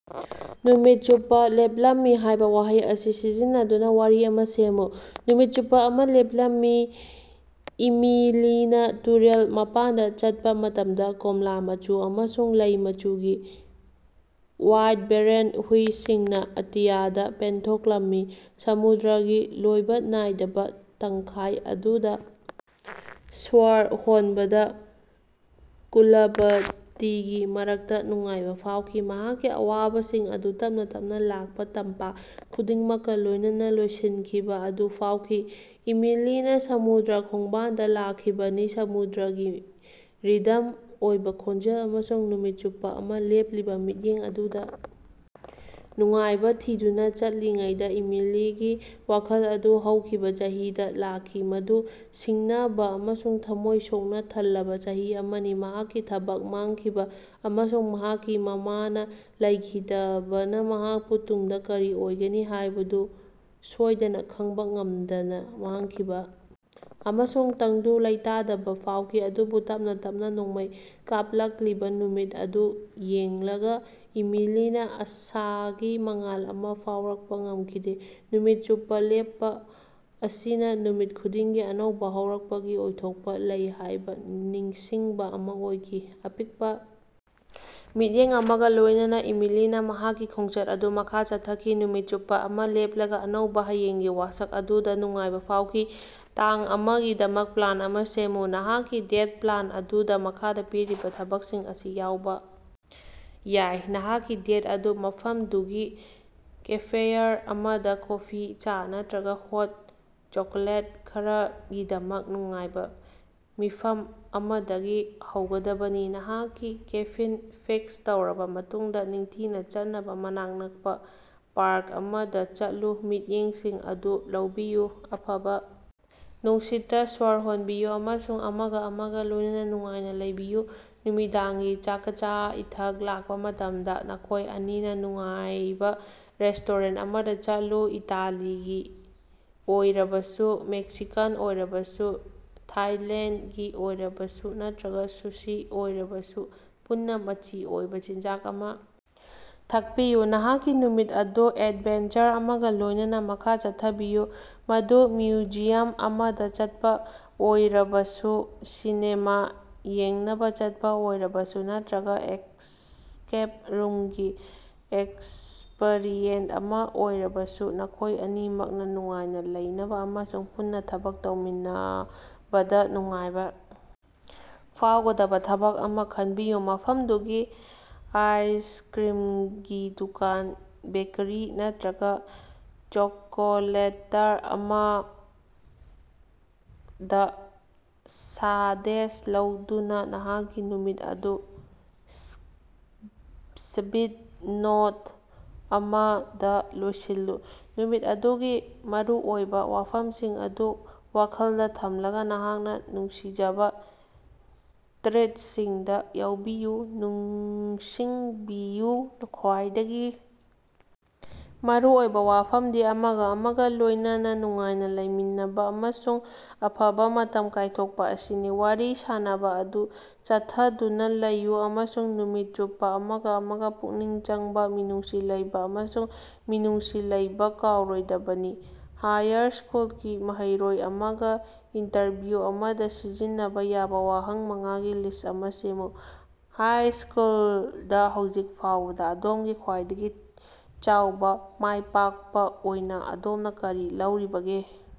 ꯅꯨꯃꯤꯠ ꯆꯨꯞꯄ ꯂꯦꯞꯂꯝꯃꯤ ꯍꯥꯏꯕ ꯋꯥꯍꯩ ꯑꯁꯤ ꯁꯤꯖꯤꯟꯅꯗꯨꯅ ꯋꯥꯔꯤ ꯑꯃ ꯁꯦꯝꯃꯨ꯫ ꯅꯨꯃꯤꯠ ꯆꯨꯞꯄ ꯑꯃ ꯂꯦꯞꯂꯝꯃꯤ, ꯏꯃꯤꯂꯤꯅ ꯇꯨꯔꯦꯜ ꯃꯄꯥꯟꯗ ꯆꯠꯄ ꯃꯇꯝꯗ ꯀꯣꯝꯂꯥ ꯃꯆꯨ ꯑꯃꯁꯨꯡ ꯂꯩ ꯃꯆꯨꯒꯤ ꯋꯥꯏꯕ꯭ꯔꯦꯟ ꯍꯨꯏꯁꯤꯡꯅ ꯑꯇꯤꯌꯥꯗ ꯄꯦꯟꯊꯣꯛꯂꯝꯃꯤ꯫ ꯁꯃꯨꯗ꯭ꯔꯒꯤ ꯂꯣꯏꯕ ꯅꯥꯏꯗꯕ ꯇꯪꯈꯥꯏ ꯑꯗꯨꯗ ꯁ꯭ꯋꯔ ꯍꯣꯟꯕꯗ ꯀꯨꯂꯕꯇꯤꯒꯤ ꯃꯔꯛꯇ ꯅꯨꯡꯉꯥꯏꯕ ꯐꯥꯎꯈꯤ, ꯃꯍꯥꯛꯀꯤ ꯑꯋꯥꯕꯁꯤꯡ ꯑꯗꯨ ꯇꯞꯅ ꯇꯞꯅ ꯂꯥꯛꯄ ꯇꯝꯄꯥꯛ ꯈꯨꯗꯤꯡꯃꯛꯀ ꯂꯣꯏꯅꯅ ꯂꯣꯏꯁꯤꯟꯈꯤꯕ ꯑꯗꯨ ꯐꯥꯎꯈꯤ꯫ ꯏꯃꯤꯂꯤꯅ ꯁꯃꯨꯗ꯭ꯔ ꯈꯣꯡꯕꯥꯜꯗ ꯂꯥꯛꯈꯤꯕꯅꯤ, ꯁꯃꯨꯗ꯭ꯔꯒꯤ ꯔꯤꯗꯝ ꯑꯣꯏꯕ ꯈꯣꯟꯖꯦꯜ ꯑꯃꯁꯨꯡ ꯅꯨꯃꯤꯠ ꯆꯨꯞꯄ ꯑꯃ ꯂꯦꯞꯂꯤꯕ ꯃꯤꯠꯌꯦꯡ ꯑꯗꯨꯗ ꯅꯨꯡꯉꯥꯏꯕ ꯊꯤꯗꯨꯅ꯫ ꯆꯠꯂꯤꯉꯩꯗ ꯏꯃꯤꯂꯤꯒꯤ ꯋꯥꯈꯜ ꯑꯗꯨ ꯍꯧꯈꯤꯕ ꯆꯍꯤꯗ ꯂꯥꯛꯈꯤ, ꯃꯗꯨ ꯁꯤꯡꯅꯕ ꯑꯃꯁꯨꯡ ꯊꯝꯃꯣꯏ ꯁꯣꯛꯅ ꯊꯜꯂꯕ ꯆꯍꯤ ꯑꯃꯅꯤ꯫ ꯃꯍꯥꯛꯀꯤ ꯊꯕꯛ ꯃꯥꯡꯈꯤꯕ ꯑꯃꯁꯨꯡ ꯃꯍꯥꯛꯀꯤ ꯃꯃꯥꯅ ꯂꯩꯈꯤꯗꯕꯅ ꯃꯍꯥꯛꯄꯨ ꯇꯨꯡꯗ ꯀꯔꯤ ꯑꯣꯏꯒꯅꯤ ꯍꯥꯏꯕꯗꯨ ꯁꯣꯏꯗꯅ ꯈꯪꯕ ꯉꯝꯗꯅ ꯃꯥꯥꯡꯈꯤꯕ ꯑꯃꯁꯨꯡ ꯇꯪꯗꯨ ꯂꯩꯇꯥꯗꯕ ꯐꯥꯎꯈꯤ꯫ ꯑꯗꯨꯕꯨ ꯇꯞꯅ ꯇꯞꯅ ꯅꯣꯡꯃꯩ ꯀꯥꯞꯂꯛꯂꯤꯕ ꯅꯨꯃꯤꯠ ꯑꯗꯨ ꯌꯦꯡꯂꯒ ꯏꯃꯤꯂꯤꯅ ꯑꯥꯁꯥꯒꯤ ꯃꯉꯥꯜ ꯑꯃ ꯐꯥꯎꯔꯛꯄ ꯉꯝꯈꯤꯗꯦ꯫ ꯅꯨꯃꯤꯠ ꯆꯨꯞꯄ ꯂꯦꯞꯄ ꯑꯁꯤꯅ ꯅꯨꯃꯤꯠ ꯈꯨꯗꯤꯡꯒꯤ ꯑꯅꯧꯕ ꯍꯧꯔꯛꯄꯒꯤ ꯑꯣꯏꯊꯣꯛꯄ ꯂꯩ ꯍꯥꯏꯕ ꯅꯤꯡꯁꯤꯡꯕ ꯑꯃ ꯑꯣꯏꯈꯤ꯫ ꯑꯄꯤꯛꯄ ꯃꯤꯠꯌꯦꯡ ꯑꯃꯒ ꯂꯣꯏꯅꯅ ꯏꯃꯤꯂꯤꯅ ꯃꯍꯥꯛꯀꯤ ꯈꯣꯡꯆꯠ ꯑꯗꯨ ꯃꯈꯥ ꯆꯠꯊꯈꯤ, ꯅꯨꯃꯤꯠ ꯆꯨꯞꯄ ꯑꯃ ꯂꯦꯞꯂꯒ ꯑꯅꯧꯕ ꯍꯌꯦꯡꯒꯤ ꯋꯥꯁꯛ ꯑꯗꯨꯗ ꯅꯨꯡꯉꯥꯏꯕ ꯐꯥꯎꯈꯤ꯫ ꯇꯥꯡ ꯑꯃꯒꯤꯗꯃꯛ ꯄ꯭ꯂꯥꯟ ꯑꯃ ꯁꯦꯝꯃꯨ꯫ ꯅꯍꯥꯛꯀꯤ ꯗꯦꯠ ꯄ꯭ꯂꯥꯟ ꯑꯗꯨꯗ ꯃꯈꯥꯗ ꯄꯤꯔꯤꯕ ꯊꯕꯛꯁꯤꯡ ꯑꯁꯤ ꯌꯥꯎꯕ ꯌꯥꯏ: ꯅꯍꯥꯛꯀꯤ ꯗꯦꯠ ꯑꯗꯨ ꯃꯐꯝꯗꯨꯒꯤ ꯀꯦꯐꯦꯌꯔ ꯑꯃꯗ ꯀꯣꯐꯤ, ꯆꯥ ꯅꯠꯇ꯭ꯔꯒ ꯍꯣꯠ ꯆꯣꯀꯣꯂꯦꯠ ꯈꯔꯒꯤꯗꯃꯛ ꯅꯨꯡꯉꯥꯏꯕ ꯃꯤꯐꯝ ꯑꯃꯗꯒꯤ ꯍꯧꯒꯗꯕꯅꯤ꯫ ꯅꯍꯥꯛꯀꯤ ꯀꯦꯐꯤꯟ ꯐꯤꯛꯁ ꯇꯧꯔꯕ ꯃꯇꯨꯡꯗ, ꯅꯤꯡꯊꯤꯅ ꯆꯠꯅꯕ ꯃꯅꯥꯛ ꯅꯛꯄ ꯄꯥꯔꯛ ꯑꯃꯗ ꯆꯠꯂꯨ꯫ ꯃꯤꯠꯌꯦꯡꯁꯤꯡ ꯑꯗꯨ ꯂꯧꯕꯤꯌꯨ, ꯑꯐꯕ ꯅꯨꯡꯁꯤꯠꯇ ꯁ꯭ꯋꯔ ꯍꯣꯟꯕꯤꯌꯨ ꯑꯃꯁꯨꯡ ꯑꯃꯒ ꯑꯃꯒ ꯂꯣꯏꯅꯅ ꯅꯨꯡꯉꯥꯏꯅ ꯂꯩꯕꯤꯌꯨ꯫ ꯅꯨꯃꯤꯗꯥꯡꯒꯤ ꯆꯥꯀꯆꯥ-ꯏꯊꯛ ꯂꯥꯛꯄ ꯃꯇꯝꯗ, ꯅꯈꯣꯏ ꯑꯅꯤꯅ ꯅꯨꯡꯉꯥꯏꯕ ꯔꯦꯁꯇꯣꯔꯦꯟꯠ ꯑꯃꯗ ꯆꯠꯂꯨ꯫ ꯏꯇꯥꯂꯤꯒꯤ ꯑꯣꯏꯔꯕꯁꯨ, ꯃꯦꯛꯁꯤꯀꯥꯟ ꯑꯣꯏꯔꯕꯁꯨ, ꯊꯥꯏꯂꯦꯟꯗꯒꯤ ꯑꯣꯏꯔꯕꯁꯨ, ꯅꯠꯇ꯭ꯔꯒ ꯁꯨꯁꯤ ꯑꯣꯏꯔꯕꯁꯨ, ꯄꯨꯟꯅ ꯃꯆꯤ ꯑꯣꯏꯕ ꯆꯤꯟꯖꯥꯛ ꯑꯃ ꯊꯛꯄꯤꯌꯨ꯫ ꯅꯍꯥꯛꯀꯤ ꯅꯨꯃꯤꯠ ꯑꯗꯨ ꯑꯦꯗꯚꯦꯟꯆꯔ ꯑꯃꯒ ꯂꯣꯏꯅꯅ ꯃꯈꯥ ꯆꯠꯊꯕꯤꯌꯨ, ꯃꯗꯨ ꯃ꯭ꯌꯨꯖꯤꯌꯝ ꯑꯃꯗ ꯆꯠꯄ ꯑꯣꯏꯔꯕꯁꯨ, ꯁꯤꯅꯦꯃꯥ ꯌꯦꯡꯅꯕ ꯆꯠꯄ ꯑꯣꯏꯔꯕꯁꯨ ꯅꯠꯇ꯭ꯔꯒ ꯑꯦꯁꯀꯦꯞ ꯔꯨꯝꯒꯤ ꯑꯦꯛꯁꯄꯔꯤꯌꯦꯟꯁ ꯑꯃ ꯑꯣꯏꯔꯕꯁꯨ꯫ ꯅꯈꯣꯏ ꯑꯅꯤꯃꯛꯅ ꯅꯨꯡꯉꯥꯏꯅ ꯂꯩꯅꯕ ꯑꯃꯁꯨꯡ ꯄꯨꯟꯅ ꯊꯕꯛ ꯇꯧꯃꯤꯟꯅꯕꯗ ꯅꯨꯡꯉꯥꯏꯕ ꯐꯥꯎꯒꯗꯕ ꯊꯕꯛ ꯑꯃ ꯈꯟꯕꯤꯌꯨ꯫ ꯃꯐꯝꯗꯨꯒꯤ ꯑꯥꯏꯁꯀ꯭ꯔꯤꯝꯒꯤ ꯗꯨꯀꯥꯟ, ꯕꯦꯀꯔꯤ ꯅꯠꯇ꯭ꯔꯒ ꯆꯣꯀꯣꯂꯦꯇꯔ ꯑꯃꯗ ꯁꯥꯗꯦꯁ ꯂꯧꯗꯨꯅ ꯅꯍꯥꯛꯀꯤ ꯅꯨꯃꯤꯠ ꯑꯗꯨ ꯁ꯭ꯕꯤꯠ ꯅꯣꯠ ꯑꯃꯗ ꯂꯣꯏꯁꯤꯜꯂꯨ꯫ ꯅꯨꯃꯤꯠ ꯑꯗꯨꯒꯤ ꯃꯔꯨꯑꯣꯏꯕ ꯋꯥꯐꯝꯁꯤꯡ ꯑꯗꯨ ꯋꯥꯈꯜꯗ ꯊꯝꯂꯒ ꯅꯍꯥꯛꯅ ꯅꯨꯡꯁꯤꯖꯕ ꯇ꯭ꯔꯤꯠꯁꯤꯡꯗ ꯌꯥꯎꯕꯤꯌꯨ꯫ ꯅꯤꯡꯁꯤꯡꯕꯤꯌꯨ, ꯈ꯭ꯋꯥꯏꯗꯒꯤ ꯃꯔꯨ ꯑꯣꯏꯕ ꯋꯥꯐꯝꯗꯤ ꯑꯃꯒ ꯑꯃꯒ ꯂꯣꯏꯅꯅ ꯅꯨꯡꯉꯥꯏꯅ ꯂꯩꯃꯤꯟꯅꯕ ꯑꯃꯁꯨꯡ ꯑꯐꯕ ꯃꯇꯝ ꯀꯥꯏꯊꯣꯛꯄ ꯑꯁꯤꯅꯤ꯫ ꯋꯥꯔꯤ ꯁꯥꯅꯕ ꯑꯗꯨ ꯆꯠꯊꯗꯨꯅ ꯂꯩꯌꯨ ꯑꯃꯁꯨꯡ ꯅꯨꯃꯤꯠ ꯆꯨꯞꯄ ꯑꯃꯒ ꯑꯃꯒ ꯄꯨꯛꯅꯤꯡ ꯆꯪꯕ, ꯃꯤꯅꯨꯡꯁꯤ ꯂꯩꯕ ꯑꯃꯁꯨꯡ ꯃꯤꯅꯨꯡꯁꯤ ꯂꯩꯕ ꯀꯥꯎꯔꯣꯏꯗꯕꯅꯤ꯫ ꯍꯥꯌꯔ ꯁ꯭ꯀꯨꯜꯒꯤ ꯃꯍꯩꯔꯣꯏ ꯑꯃꯒ ꯏꯟꯇꯔꯚꯤꯎ ꯑꯃꯗ ꯁꯤꯖꯤꯟꯅꯕ ꯌꯥꯕ ꯋꯥꯍꯪ ꯃꯉꯥꯒꯤ ꯂꯤꯁ꯭ꯠ ꯑꯃ ꯁꯦꯝꯃꯨ꯫ ꯍꯥꯏꯁ꯭ꯀꯜꯗ ꯍꯧꯖꯤꯛ ꯐꯥꯎꯕꯗ ꯑꯗꯣꯝꯒꯤ ꯈ꯭ꯋꯥꯏꯗꯒꯤ ꯆꯥꯎꯕ ꯃꯥꯏꯄꯥꯛꯄ ꯑꯣꯏꯅ ꯑꯗꯣꯝꯅ ꯀꯔꯤ ꯂꯧꯔꯤꯕꯒꯦ?